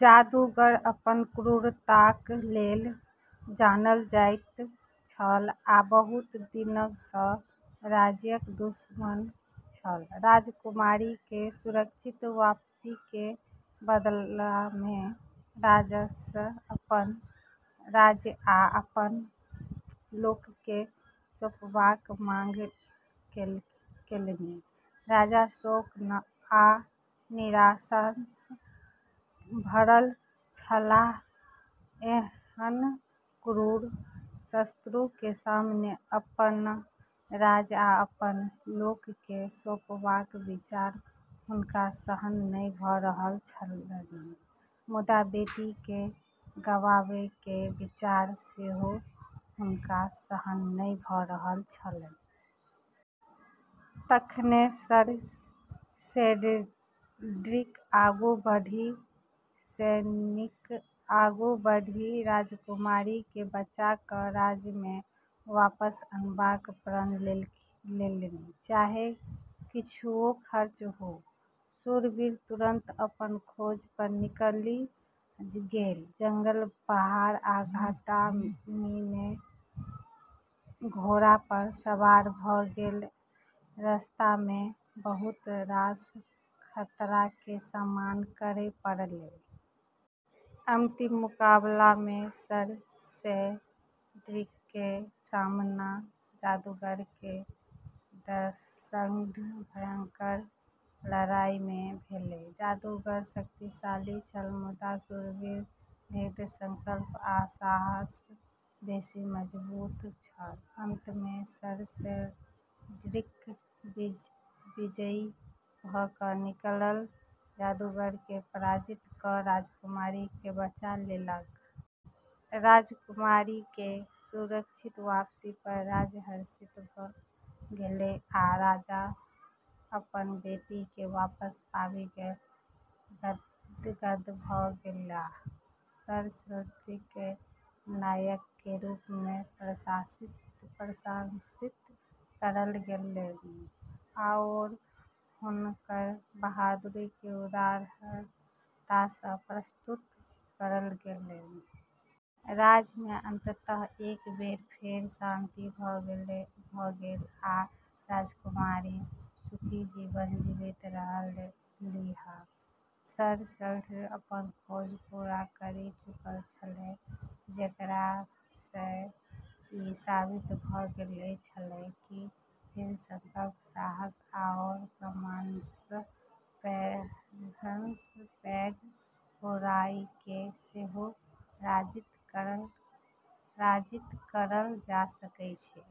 जादूगर अपन क्रूरताक लेल जानल जाइत छल आ बहुत दिनसँ राज्यक दुश्मन छल राजकुमारीके सुरक्षित वापसीके बदलामे राजासँ अपन राज्य आ अपन लोकके सौंपबाक मांग केलनि। राजा शोक आ निराशासँ भरल छलाह एहन क्रूर शत्रुके सामने अपन राज्य आ अपन लोकके सौंपबाक विचार हुनका सहन नहि भ' रहल छलनि, मुदा बेटीके गंवाबैके विचार सेहो हुनका सहन नहि भ' रहल छलनि। तखने सर सेड्रिक आगू बढ़ि राजकुमारीकेँ बचा क' राज्यमे वापस अनबाक प्रण लेलनि, चाहे किछुओ खर्च हो। शूरवीर तुरंत अपन खोज पर निकलि गेल, जंगल, पहाड़ आ घाटीमे घोड़ा पर सवार भ' गेल, रस्तामे बहुत रास खतराके सामना करै पड़लै। अंतिम मुकाबलामे सर सेड्रिकके सामना जादूगरके सङ्ग भयंकर लड़ाइमे भेलै। जादूगर शक्तिशाली छल, मुदा शूरवीरक दृढ़ संकल्प आ साहस बेशी मजबूत छल। अंतमे सर सेड्रिक विजयी भ' क' निकलल, जादूगरकेँ पराजित क' राजकुमारीकेँ बचा लेलक। राजकुमारीके सुरक्षित वापसी पर राज्य हर्षित भ' गेलै, आ राजा अपन बेटीके वापस पाबि गदगद भ' गेलाह । सर सेड्रिकके नायकके रूपमे प्रशंसित करल गेलनि आओर हुनकर बहादुरीके उदारता सँ पुरस्कृत करल गेलनि । राज्यमे अंततः एक बेर फेर शांति भ' गेल, आ राजकुमारी सुखी जीवन जीबैत रहलीह। सर सेड्रिक अपनऽ खोज पूरा करि चुकल छलै, जेकरासँ ई साबित भ' गेल छलै कि दृढ़ संकल्प, साहस आओर सम्मानसँ पैघसँ पैघ बुराइके सेहो पराजित करल जा सकै छै।